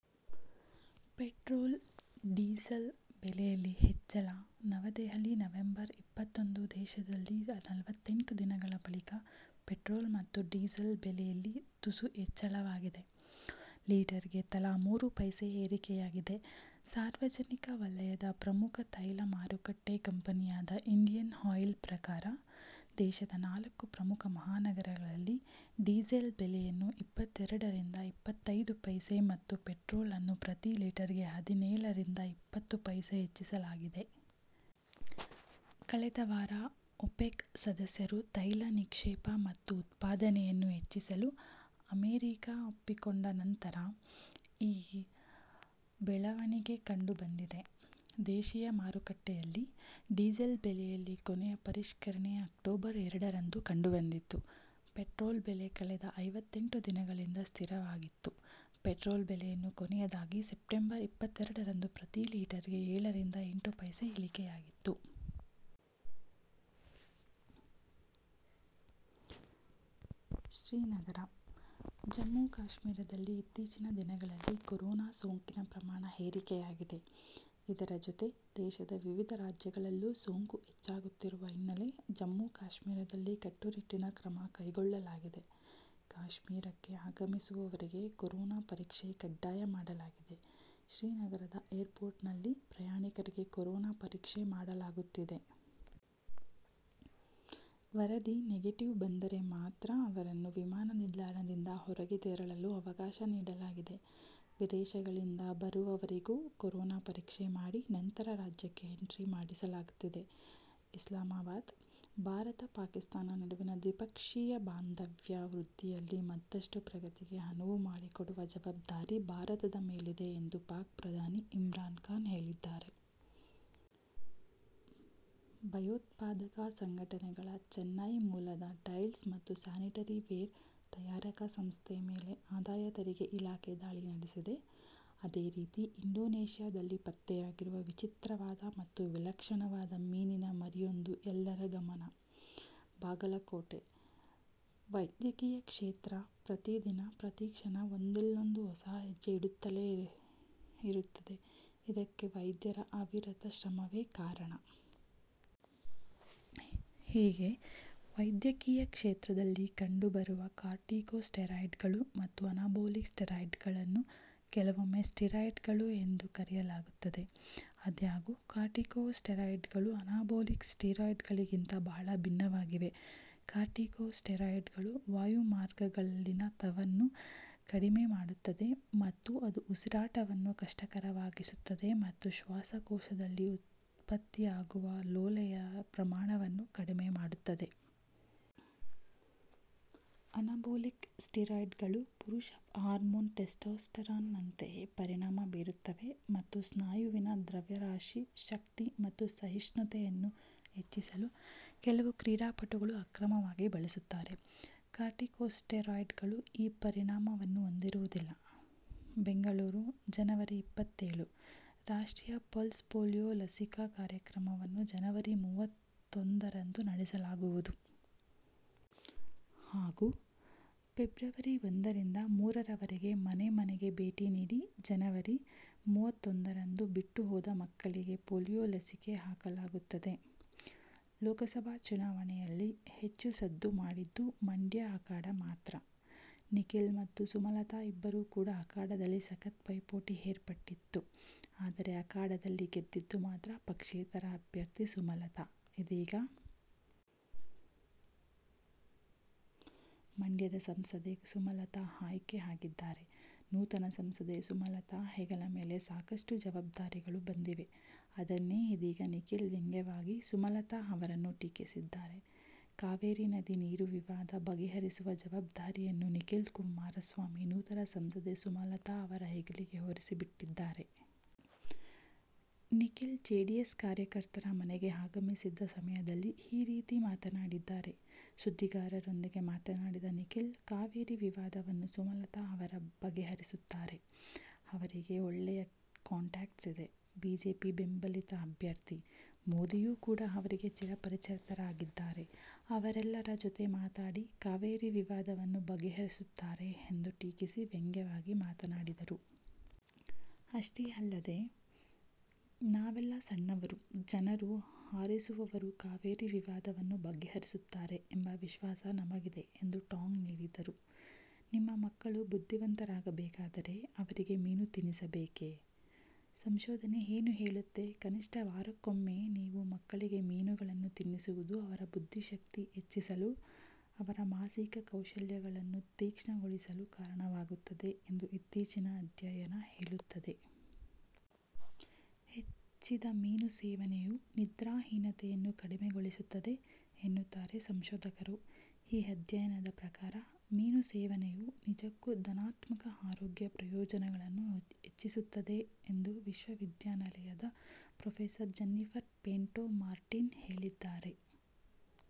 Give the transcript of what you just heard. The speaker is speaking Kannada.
ಪೆಟ್ರೋಲ್, ಡೀಸೆಲ್ ಬೆಲೆಯಲ್ಲಿ ಹೆಚ್ಚಳ ನವದೆಹಲಿ ನವಂಬರ್ ಇಪ್ಪತ್ತೊಂದು ದೇಶದಲ್ಲಿ ನಲವತ್ತೆಂಟು ದಿನಗಳ ಬಳಿಕ ಪೆಟ್ರೋಲ್ ಮತ್ತು ಡೀಸೆಲ್ ಬೆಲೆಯಲ್ಲಿ ತುಸು ಹೆಚ್ಚಳವಾಗಿದೆ. ಲೀಟರ್ ಗೆ ತಲಾ ಮೂರು ಪೈಸೆ ಏರಿಕೆಯಾಗಿದೆ. ಸಾರ್ವಜನಿಕ ವಲಯದ ಪ್ರಮುಖ ತೈಲ ಮಾರುಕಟ್ಟೆ ಕಂಪನಿಯಾದ ಇಂಡಿಯನ್ ಆಯಿಲ್ ಪ್ರಕಾರ, ದೇಶದ ನಾಲ್ಕು ಪ್ರಮುಖ ಮಹಾನಗರಗಳಲ್ಲಿ ಡೀಸೆಲ್ ಬೆಲೆಯನ್ನು ಇಪ್ಪತ್ತೆರಡರಿಂದ ಇಪ್ಪತ್ತೈದು ಪೈಸೆ ಮತ್ತು ಪೆಟ್ರೋಲ್ ಅನ್ನು ಪ್ರತಿ ಲೀಟರ್ ಗೆ ಹದಿನೇಳರಿಂದ ಇಪ್ಪತ್ತು ಪೈಸೆ ಹೆಚ್ಚಿಸಲಾಗಿದೆ. ಕಳೆದ ವಾರ ಒಪೆಕ್ ಸದಸ್ಯರು ತೈಲ ನಿಕ್ಷೇಪ ಮತ್ತು ಉತ್ಪಾದನೆಯನ್ನು ಹೆಚ್ಚಿಸಲು ಅಮೆರಿಕ ಒಪ್ಪಿಕೊಂಡ ನಂತರ ಈ ಬೆಳವಣಿಗೆ ಕಂಡು ಬಂದಿದೆ. ದೇಶೀಯ ಮಾರುಕಟ್ಟೆಯಲ್ಲಿ, ಡೀಸೆಲ್ ಬೆಲೆಯಲ್ಲಿ ಕೊನೆಯ ಪರಿಷ್ಕರಣೆ ಅಕ್ಟೋಬರ್ ಎರಡರಂದು ಕಂಡುಬಂದಿತ್ತು, ಪೆಟ್ರೋಲ್ ಬೆಲೆ ಕಳೆದ ಐವತ್ತೆಂಟು ದಿನಗಳಿಂದ ಸ್ಥಿರವಾಗಿತ್ತು. ಪೆಟ್ರೋಲ್ ಬೆಲೆಯನ್ನು ಕೊನೆಯದಾಗಿ ಸೆಪ್ಟೆಂಬರ್ ಇಪ್ಪತ್ತೆರಡರಂದು ಪ್ರತಿ ಲೀಟರ್ಗೆ ಏಳರಿಂದ ಎಂಟು ಪೈಸೆ ಇಳಿಕೆಯಾಗಿತ್ತು. ಶ್ರೀನಗರ: ಜಮ್ಮು ಕಾಶ್ಮೀರದಲ್ಲಿ ಇತ್ತೀಚಿನ ದಿನಗಳಲ್ಲಿ ಕೊರೊನಾ ಸೋಂಕಿನ ಪ್ರಮಾಣ ಏರಿಕೆಯಾಗಿದೆ. ಇದರ ಜೊತೆ ದೇಶದ ವಿವಿಧ ರಾಜ್ಯಗಳಲ್ಲೂ ಸೋಂಕು ಹೆಚ್ಚಾಗುತ್ತಿರುವ ಹಿನ್ನೆಲೆ ಜಮ್ಮು ಕಾಶ್ಮೀರದಲ್ಲಿ ಕಟ್ಟುನಿಟ್ಟಿನ ಕ್ರಮ ಕೈಗೊಳ್ಳಲಾಗಿದೆ. ಕಾಶ್ಮೀರಕ್ಕೆ ಆಗಮಿಸುವವರಿಗೆ ಕೊರೊನಾ ಪರೀಕ್ಷೆ ಕಡ್ಡಾಯ ಮಾಡಲಾಗಿದೆ. ಶ್ರೀನಗರದ ಏರ್ಪೋರ್ಟ್ನಲ್ಲಿ ಪ್ರಯಾಣಿಕರಿಗೆ ಕೊರೊನಾ ಪರೀಕ್ಷೆ ಮಾಡಲಾಗುತ್ತಿದೆ. ವರದಿ ನೆಗೆಟಿವ್ ಬಂದರೆ ಮಾತ್ರ ಅವರನ್ನ ವಿಮಾನ ನಿಲ್ದಾಣದಿಂದ ಹೊರಗೆ ತೆರಳಲು ಅವಕಾಶ ನೀಡಲಾಗಿದೆ. ವಿದೇಶಗಳಿಂದ ಬರುವವರಿಗೂ ಕೊರೊನಾ ಪರೀಕ್ಷೆ ಮಾಡಿ ನಂತರ ರಾಜ್ಯಕ್ಕೆ ಎಂಟ್ರಿ ಮಾಡಿಸಿಕೊಳ್ಳಲಾಗ್ತಿದೆ. ಇಸ್ಲಾಮಾಬಾದ್: ಭಾರತ-ಪಾಕಿಸ್ತಾನ ನಡುವಿನ ದ್ವಿಪಕ್ಷೀಯ ಬಾಂಧವ್ಯ ವೃದ್ಧಿಯಲ್ಲಿ ಮತ್ತಷ್ಟು ಪ್ರಗತಿಗೆ ಅನುವು ಮಾಡಿಕೊಡುವ ಜವಾಬ್ದಾರಿ ಭಾರತದ ಮೇಲಿದೆ ಎಂದು ಪಾಕ್ ಪ್ರಧಾನಿ ಇಮ್ರಾನ್ಖಾನ್ ಹೇಳಿದ್ದಾರೆ. ಭಯೋತ್ಪಾದಕ ಸಂಘಟನೆಗಳಚೆನ್ನೈ ಮೂಲದ ಟೈಲ್ಸ್ ಮತ್ತು ಸ್ಯಾನಿಟರಿ ವೇರ್ ತಯಾರಕ ಸಂಸ್ಥೆ ಮೇಲೆ ಆದಾಯ ತೆರಿಗೆ ಇಲಾಖೆ ದಾಳಿ ನಡೆಸಿದೆ. ಅದೇ ರೀತಿ ಇಂಡೋನೇಷ್ಯಾದಲ್ಲಿ ಪತ್ತೆಯಾಗಿರೋ ವಿಚಿತ್ರವಾದ ಮತ್ತು ವಿಲಕ್ಷಣವಾದ ಮೀನಿನ ಮರಿಯೊಂದು ಎಲ್ಲರ ಗಮನಬಾಗಲಕೋಟೆ: ವೈದ್ಯಕೀಯ ಕ್ಷೇತ್ರ ಪ್ರತಿದಿನ, ಪ್ರತಿಕ್ಷಣ ಒಂದಿಲ್ಲೊಂದು ಹೊಸ ಹೆಜ್ಜೆ ಇಡುತ್ತಲೇ ಇರುತ್ತದೆ, ಇದಕ್ಕೆ ವೈದ್ಯರ ಅವಿರತ ಶ್ರಮವೇ ಕಾರಣ. ಹೀಗೆ ವೈದ್ಯಕೀಯ ಕ್ಷೇತ್ರದಲ್ಲಿ ಕಂಡು ಬರುವ ಕಾರ್ಟಿಕೊ ಸ್ಟೆರಾಯ್ಡ್ಗಳು ಮತ್ತು ಅನಾಬೊಲಿಕ್ ಸ್ಟೀರಾಯ್ಡ್ಗಳನ್ನು ಕೆಲವೊಮ್ಮೆ ಸ್ಟೀರಾಯ್ಡ್ಗಳು ಎಂದು ಕರೆಯಲಾಗುತ್ತದೆ. ಆದಾಗ್ಯೂ, ಕಾರ್ಟಿಕೊ ಸ್ಟೆರಾಯ್ಡ್ಗಳು ಅನಾಬೊಲಿಕ್ ಸ್ಟೀರಾಯ್ಡ್ಗಳಿಗಿಂತ ಬಹಳ ಭಿನ್ನವಾಗಿವೆ. ಕಾರ್ಟಿಕೊ ಸ್ಟೆರಾಯ್ಡ್ಗಳು ವಾಯುಮಾರ್ಗಗಳಲ್ಲಿನ ತವನ್ನು ಕಡಿಮೆ ಮಾಡುತ್ತದೆ ಮತ್ತು ಅದು ಉಸಿರಾಟವನ್ನು ಕಷ್ಟಕರವಾಗಿಸುತ್ತದೆ ಮತ್ತು ಶ್ವಾಸಕೋಶದಲ್ಲಿ ಉತ್ಪತ್ತಿಯಾಗುವ ಲೋಳೆಯ ಪ್ರಮಾಣವನ್ನು ಕಡಿಮೆ ಮಾಡುತ್ತದೆ. ಅನಾಬೊಲಿಕ್ ಸ್ಟೀರಾಯ್ಡ್ಗಳು ಪುರುಷ ಹಾರ್ಮೋನ್ ಟೆಸ್ಟೋಸ್ಟೆರಾನ್ ನಂತೆಯೇ ಪರಿಣಾಮ ಬೀರುತ್ತವೆ ಮತ್ತು ಸ್ನಾಯುವಿನ ದ್ರವ್ಯರಾಶಿ, ಶಕ್ತಿ ಮತ್ತು ಸಹಿಷ್ಣುತೆಯನ್ನು ಹೆಚ್ಚಿಸಲು ಕೆಲವು ಕ್ರೀಡಾಪಟುಗಳು ಅಕ್ರಮವಾಗಿ ಬಳಸುತ್ತಾರೆ. ಕಾರ್ಟಿಕೊಸ್ಟೆರಾಯ್ಡ್ಗಳು ಈ ಪರಿಣಾಮಗಳನ್ನು ಹೊಂದಿರುವುದಿಲ್ಲ. ಬೆಂಗಳೂರು, ಜನವರಿ ಇಪ್ಪತ್ತೇಳು: ರಾಷ್ಟ್ರೀಯ ಪಲ್ಸ್ ಪೋಲೀಯೋ ಲಸಿಕಾ ಕಾರ್ಯಕ್ರಮವನ್ನು ಜನವರಿ ಮೂವತ್ತೊಂದರಂದು ನಡೆಸಲಾಗುವುದು. ಹಾಗೂ ಫೆಬ್ರವರಿ ಒಂದರಿಂದ ಮೂರರವರೆಗೆ ಮನೆ ಮನೆಗೆ ಭೇಟಿ ನೀಡಿ ಜನವರಿ. ಮೂವತ್ತೊಂದರಂದು ಬಿಟ್ಟು ಹೋದ ಮಕ್ಕಳಿಗೆ ಪೋಲಿಯೋ ಲಸಿಕೆ ಹಾಕಲಾಗುತ್ತದೆ. ಲೋಕಸಭಾ ಚುನಾವಣೆಯಲ್ಲಿ ಹೆಚ್ಚು ಸದ್ದು ಮಾಡಿದ್ದು ಮಂಡ್ಯ ಅಖಾಡ ಮಾತ್ರ.. ನಿಖಿಲ್ ಮತ್ತು ಸುಮಲತಾ ಇಬ್ಬರು ಕೂಡ ಅಖಾಡದಲ್ಲಿ ಸಖತ್ ಪೈಪೋಟಿ ಏರ್ಪಟ್ಟಿತ್ತು.. ಆದರೆ ಅಖಾಡದಲ್ಲಿ ಗೆದ್ದಿದ್ದು ಮಾತ್ರ ಪಕ್ಷೇತರ ಅಭ್ಯರ್ಥಿ ಸುಮಲತಾ. ಇದೀಗ ಮಂಡ್ಯದ ಸಂಸದೆ ಸುಮಲತಾ ಆಯ್ಕೆ ಆಗಿದ್ದಾರೆ. ನೂತನ ಸಂಸದೆ ಸುಮಲತಾ ಹೆಗಲ ಮೇಲೆ ಸಾಕಷ್ಟು ಜವಬ್ಧಾರಿಗಳು ಬಂದಿವೆ. ಅದನ್ನೆ ಇದೀಗ ನಿಖಿಲ್ ವ್ಯಂಗ್ಯವಾಗಿ ಸುಮಲತಾ ಅವರನ್ನು ಟೀಕಿಸಿದ್ದಾರೆ. ಕಾವೇರಿ ನದಿ ನೀರು ವಿವಾದ ಬಗೆಹರಿಸುವ ಜವಬ್ದಾರಿಯನ್ನು ನಿಖಿಲ್ ಕುಮಾರಸ್ವಾಮಿ ನೂತನ ಸಂಸದೆ ಸುಮಲತಾ ಅವರ ಹೆಗಲಿಗೆ ಹೊರಸಿ ಬಿಟ್ಟಿದ್ದಾರೆ. ನಿಖಿಲ್ ಜೆಡಿಎಸ್ ಕಾರ್ಯಕರ್ತರ ಮನೆಗೆ ಆಗಮಿಸಿದ್ದ ಸಮಯದಲ್ಲಿ ಈ ರೀತಿ ಮಾತನಾಡಿದ್ದಾರೆ. ಸುದ್ದಿಗಾರರೊಂದಿಗೆ ಮಾತನಾಡಿದ ನಿಖಿಲ್ ಕಾವೇರಿ ವಿವಾದವನ್ನು ಸುಮಲತಾ ಅವರು ಬಗೆ ಹರಿಸುತ್ತಾರೆ. ಅವರಿಗೆ ಒಳ್ಳೆಯ ಕಾಂಟ್ಯಾಕ್ಟ್ಸ್ ಇದೆ.. ಬಿಜೆಪಿ ಬೆಂಬಲಿತ ಅಭ್ಯರ್ಥಿ. ಮೋದಿಯು ಕೂಡ ಅವರಿಗೆ ಚಿರ ಪರಿಚಿತರಾಗಿದ್ದಾರೆ. ಅವರೆಲ್ಲರ ಜೊತೆ ಮಾತಾಡಿ ಕಾವೇರಿ ವಿವಾದವನ್ನು ಬಗೆಹರಿಸುತ್ತಾರೆ ಎಂದು ಟೀಕಿಸಿ ವ್ಯಂಗ್ಯವಾಗಿ ಮಾತನಾಡಿದರು. ಅಷ್ಟೆ ಅಲ್ಲದೆ ನಾವೆಲ್ಲ ಸಣ್ಣವರು, ಜನರು ಆರಿಸಿರುವವರು ಕಾವೇರಿ ವಿವಾದವನ್ನು ಬಗೆಹರಿಸುತ್ತಾರೆ ಎಂಬ ವಿಶ್ವಾಸ ನಮಗಿದೆ ಎಂದು ಟಾಂಗ್ ನೀಡಿದರು. ನಿಮ್ಮ ಮಕ್ಕಳು ಬುದ್ಧಿವಂತರಾಗ ಬೇಕಾದರೆ ಅವರಿಗೆ ಮೀನು ತಿನ್ನಿಸಬೇಕೇ; ಸಂಶೋಧನೆ ಏನು ಹೇಳುತ್ತೆ ಕನಿಷ್ಠ ವಾರಕ್ಕೊಮ್ಮೆ ನಿಮ್ಮ ಮಕ್ಕಳಿಗೆ ಮೀನುಗಳನ್ನು ತಿನ್ನಿಸುವುದು ಅವರ ಬುದ್ಧಿ ಶಕ್ತಿ ಹೆಚ್ಚಿಸಲು, ಅವರ ಮಾನಸಿಕ ಕೌಶಲ್ಯಗಳನ್ನು ತೀಕ್ಷ್ಣಗೊಳಿಸಲು ಕಾರಣವಾಗುತ್ತದೆ ಎಂದು ಇತ್ತೀಚಿನ ಅಧ್ಯಯನ ಹೇಳುತ್ತದೆ. ಹೆಚ್ಚಿದ ಮೀನು ಸೇವನೆಯು ನಿದ್ರಾಹೀನತೆಯನ್ನು ಕಡಿಮೆಗೊಳಿಸುತ್ತದೆ ಎನ್ನುತ್ತಾರೆ ಸಂಶೋಧಕರು. ಈ ಅಧ್ಯಯನದ ಪ್ರಕಾರ "ಮೀನು ಸೇವನೆಯು ನಿಜಕ್ಕೂ ಧನಾತ್ಮಕ ಆರೋಗ್ಯ ಪ್ರಯೋಜನಗಳನ್ನು ಹೆಚ್ಚಿಸುತ್ತದೆ" ಎಂದು ವಿಶ್ವವಿದ್ಯಾನಿಲಯದ ಪ್ರೊಫೆಸರ್ ಜೆನ್ನಿಫರ್ ಪಿಂಟೊ ಮಾರ್ಟಿನ್ ಹೇಳಿದ್ದಾರೆ.